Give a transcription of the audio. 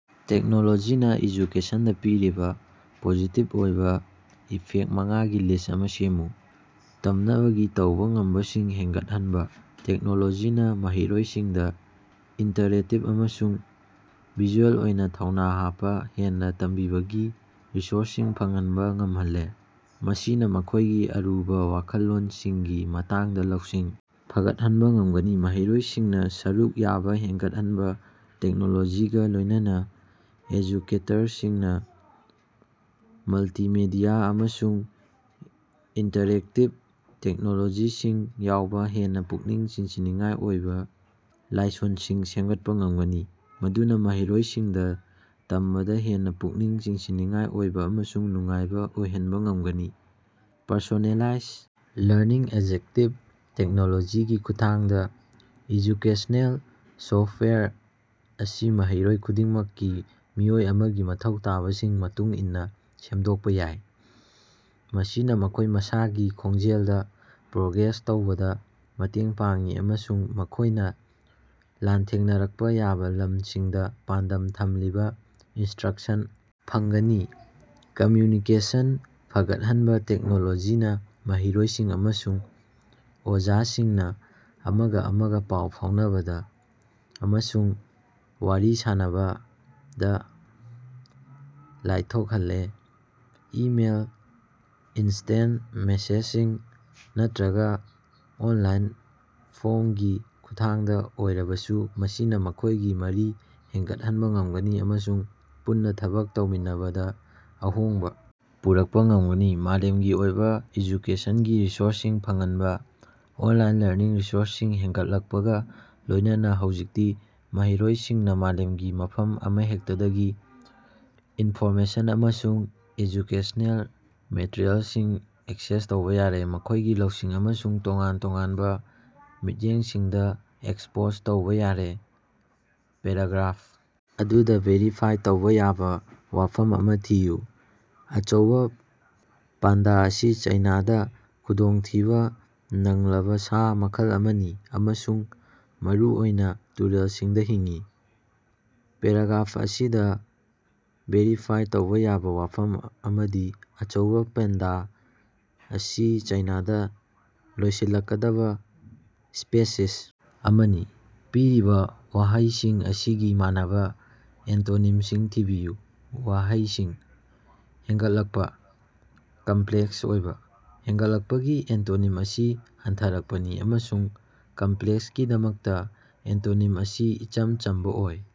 ꯇꯦꯛꯅꯣꯂꯣꯖꯤꯅ ꯑꯦꯖꯨꯀꯦꯁꯟꯗ ꯄꯤꯔꯤꯕ ꯄꯣꯖꯤꯇꯤꯞ ꯑꯣꯏꯕ ꯏꯐꯦꯛ ꯃꯉꯥꯒꯤ ꯂꯤꯁ ꯑꯃ‌ ꯁꯦꯝꯃꯨ꯫ ꯇꯝꯅꯕꯒꯤ ꯇꯧꯕ ꯉꯝꯕꯁꯤꯡ ꯍꯦꯟꯒꯠꯍꯟꯕ- ꯇꯦꯛꯅꯣꯂꯣꯖꯤꯅ ꯃꯍꯩꯔꯣꯏꯁꯤꯡꯗ ꯏꯟꯇꯔꯦꯛꯇꯤꯞ ꯑꯃꯁꯨꯡ ꯚꯤꯖꯨꯑꯦꯜ ꯑꯣꯏꯅ ꯊꯧꯅꯥ ꯍꯥꯞꯄ ꯍꯦꯟꯅ ꯇꯝꯕꯤꯕꯒꯤ ꯔꯤꯁꯣꯔꯁꯁꯤꯡ ꯐꯪꯍꯟꯕ ꯉꯝꯍꯜꯂꯦ, ꯃꯁꯤꯅ ꯃꯈꯣꯏꯒꯤ ꯑꯔꯨꯕ ꯋꯥꯈꯜꯂꯣꯟꯁꯤꯡꯒꯤ ꯃꯇꯥꯡꯗ ꯂꯧꯁꯤꯡ ꯐꯒꯠꯍꯟꯕ ꯉꯝꯒꯅꯤ꯫ ꯃꯍꯩꯔꯣꯏꯁꯤꯡꯅ ꯁꯔꯨꯛ ꯌꯥꯕ ꯍꯦꯟꯒꯠꯍꯟꯕ- ꯇꯦꯛꯅꯣꯂꯣꯖꯤꯒ ꯂꯣꯏꯅꯅ ꯑꯦꯖꯨꯀꯦꯇꯔꯁꯤꯡꯅ ꯃꯜꯇꯤꯃꯦꯗꯤꯌꯥ ꯑꯃꯁꯨꯡ ꯏꯟꯇꯔꯦꯛꯇꯤꯕ ꯇꯦꯛꯅꯣꯂꯣꯖꯤꯁꯤꯡ ꯌꯥꯎꯕ ꯍꯦꯟꯅ ꯄꯨꯛꯅꯤꯡ ꯆꯤꯡꯁꯤꯟꯅꯤꯡꯉꯥꯏ ꯑꯣꯏꯕ ꯂꯥꯏꯁꯣꯟꯁꯤꯡ ꯁꯦꯝꯒꯠꯄ ꯉꯝꯒꯅꯤ, ꯃꯗꯨꯅ ꯃꯍꯩꯔꯣꯏꯁꯤꯡꯗ ꯇꯝꯕꯗ ꯍꯦꯟꯅ ꯄꯨꯛꯅꯤꯡ ꯆꯤꯡꯁꯤꯟꯅꯤꯡꯉꯥꯏ ꯑꯣꯏꯕ ꯑꯃꯁꯨꯡ ꯅꯨꯡꯉꯥꯏꯕ ꯑꯣꯏꯍꯟꯕ ꯉꯝꯒꯅꯤ꯫ ꯄꯔꯁꯣꯅꯦꯂꯥꯏꯖ ꯂꯔꯅꯤꯡ- ꯑꯦꯛꯖꯦꯛꯇꯤꯞ ꯇꯦꯛꯅꯣꯂꯣꯖꯤꯒꯤ ꯈꯨꯠꯊꯥꯡꯗ, ꯑꯦꯖꯨꯀꯦꯁꯅꯦꯜ ꯁꯣꯐꯋꯦꯌꯔ ꯑꯁꯤ ꯃꯍꯩꯔꯣꯏ ꯈꯨꯗꯤꯡꯃꯛꯀꯤ ꯃꯤꯑꯣꯏ ꯑꯃꯒꯤ ꯃꯊꯧ ꯇꯥꯕꯁꯤꯡꯒꯤ ꯃꯇꯨꯡ ꯏꯟꯅ ꯁꯦꯝꯗꯣꯛꯄ ꯌꯥꯏ, ꯃꯁꯤꯅ ꯃꯈꯣꯏ ꯃꯁꯥꯒꯤ ꯈꯣꯡꯖꯦꯜꯗ‌ ꯄ꯭ꯔꯣꯒ꯭ꯔꯦꯁ ꯇꯧꯕꯗ ꯃꯇꯦꯡ ꯄꯥꯡꯏ ꯑꯃꯁꯨꯡ ꯃꯈꯣꯏꯅ ꯂꯥꯟꯊꯦꯡꯅꯔꯛꯄ ꯌꯥꯕ ꯂꯝꯁꯤꯡꯗ ꯄꯥꯟꯗꯝ ꯊꯝꯂꯤꯕ‌ ꯏꯟꯁꯇ꯭ꯔꯛꯁꯟ ꯐꯪꯒꯅꯤ꯫ ꯀꯝꯃ꯭ꯌꯨꯅꯤꯀꯦꯁꯟ ꯐꯒꯠꯍꯟꯕ- ꯇꯦꯛꯅꯣꯂꯣꯖꯤꯅ ꯃꯍꯩꯔꯣꯏꯁꯤꯡ ꯑꯃꯁꯨꯡ ꯑꯣꯖꯥꯁꯤꯡꯅ ꯑꯃꯒ ꯑꯃꯒ ꯄꯥꯎ ꯐꯥꯎꯅꯕꯗ ꯑꯃꯁꯨꯡ ꯋꯥꯔꯤ ꯁꯥꯅꯕꯗ ꯂꯥꯏꯊꯣꯛꯍꯜꯂꯦ, ꯏꯃꯦꯜ, ꯏꯟꯁꯇꯦꯟ ꯃꯦꯁꯦꯖꯤꯡ, ꯅꯠꯇ꯭ꯔꯒ ꯑꯣꯟꯂꯥꯏꯟ ꯐꯣꯔꯝꯒꯤ ꯈꯨꯠꯊꯥꯡꯗ ꯑꯣꯏꯔꯕꯁꯨ, ꯃꯁꯤꯅ ꯃꯈꯣꯏꯒꯤ ꯃꯔꯤ ꯍꯦꯟꯒꯠꯍꯟꯕ ꯉꯝꯒꯅꯤ ꯑꯃꯁꯨꯡ ꯄꯨꯟꯅ ꯊꯕꯛ ꯇꯧꯃꯤꯟꯅꯕꯗ ꯑꯍꯣꯡꯕ ꯄꯨꯔꯛꯄ ꯉꯝꯒꯅꯤ꯫ ꯃꯥꯂꯦꯝꯒꯤ ꯑꯣꯏꯕ ꯑꯦꯖꯨꯀꯦꯁꯟꯒꯤ ꯔꯤꯁꯣꯔꯁꯁꯤꯡ ꯐꯪꯍꯟꯕ- ꯑꯣꯟꯂꯥꯏꯟ ꯂꯔꯅꯤꯡ ꯔꯤꯁꯣꯔꯁꯁꯤꯡ ꯍꯦꯟꯒꯠꯂꯛꯄꯒ ꯂꯣꯏꯅꯅ ꯍꯧꯖꯤꯛꯇꯤ ꯃꯍꯩꯔꯣꯏꯁꯤꯡꯅ ꯃꯥꯂꯦꯝꯒꯤ ꯃꯐꯝ ꯑꯃꯍꯦꯛꯇꯗꯒꯤ ꯏꯟꯐꯣꯔꯃꯦꯁꯟ ꯑꯃꯁꯨꯡ ꯑꯦꯖꯨꯀꯦꯁꯅꯦꯜ ꯃꯦꯇꯔꯤꯌꯦꯜꯁꯤꯡ ꯑꯦꯛꯁꯦꯁ ꯇꯧꯕ ꯌꯥꯔꯦ, ꯃꯈꯣꯏꯒꯤ ꯂꯧꯁꯤꯡ ꯑꯃꯁꯨꯡ ꯇꯣꯉꯥꯟ-ꯇꯣꯉꯥꯟꯕ ꯃꯤꯠꯌꯦꯡꯁꯤꯡꯗ‌ ꯑꯦꯛꯁꯄꯣꯖ ꯇꯧꯕ ꯌꯥꯔꯦ꯫ ꯄꯦꯔꯥꯒ꯭ꯔꯥꯐ ꯑꯗꯨꯗ, ꯚꯦꯔꯤꯐꯥꯏ ꯇꯧꯕ ꯌꯥꯕ ꯋꯥꯐꯝ ꯑꯃ ꯊꯤꯌꯨ꯫ ꯑꯆꯧꯕꯥ ꯄꯥꯟꯗꯥ ꯑꯁꯤ ꯆꯥꯏꯅꯥꯗꯥ ꯈꯨꯗꯣꯡꯊꯤꯕ ꯅꯪꯂꯕ ꯁꯥ ꯃꯈꯜ ꯑꯃꯅꯤ ꯑꯃꯁꯨꯡ ꯃꯔꯨꯑꯣꯏꯅ ꯇꯨꯔꯦꯜꯁꯤꯡꯗ ꯍꯤꯡꯏ꯫ ꯄꯦꯔꯥꯒ꯭ꯔꯥꯐ ꯑꯁꯤꯗꯥ ꯚꯦꯔꯤꯐꯥꯏ ꯇꯧꯕꯥ ꯌꯥꯕ ꯋꯥꯐꯝ ꯑꯃꯗꯤ "ꯑꯆꯧꯕꯥ ꯄꯥꯟꯗꯥ ꯑꯁꯤ ꯆꯥꯏꯅꯥꯗꯥ ꯂꯣꯏꯁꯤꯜꯂꯛꯀꯗꯕ ꯁ꯭ꯄꯦꯁꯤꯁ ꯑꯃꯅꯤ꯫" ꯄꯤꯔꯤꯕ ꯋꯥꯍꯩꯁꯤꯡ ꯑꯁꯤꯒꯤ ꯃꯥꯟꯅꯕꯥ ꯑꯦꯟꯇꯣꯅꯤꯝꯁꯤꯡ ꯊꯤꯕꯤꯌꯨ꯫ ꯋꯥꯍꯩꯁꯤꯡ: ꯍꯦꯟꯒꯠꯂꯛꯄ, ꯀꯝꯄ꯭ꯂꯦꯛꯁ ꯑꯣꯏꯕ꯫ ꯍꯦꯟꯒꯠꯂꯛꯄꯒꯤ ꯑꯦꯟꯇꯣꯅꯤꯝ ꯑꯁꯤ ꯍꯟꯊꯔꯛꯄꯅꯤ ꯑꯃꯁꯨꯡ ꯀꯝꯄ‍꯭ꯂꯦꯛꯁꯀꯤꯗꯃꯛꯇ ꯑꯦꯟꯇꯣꯅꯤꯝ ꯑꯁꯤ ꯏꯆꯝ ꯆꯝꯕ ꯑꯣꯏ꯫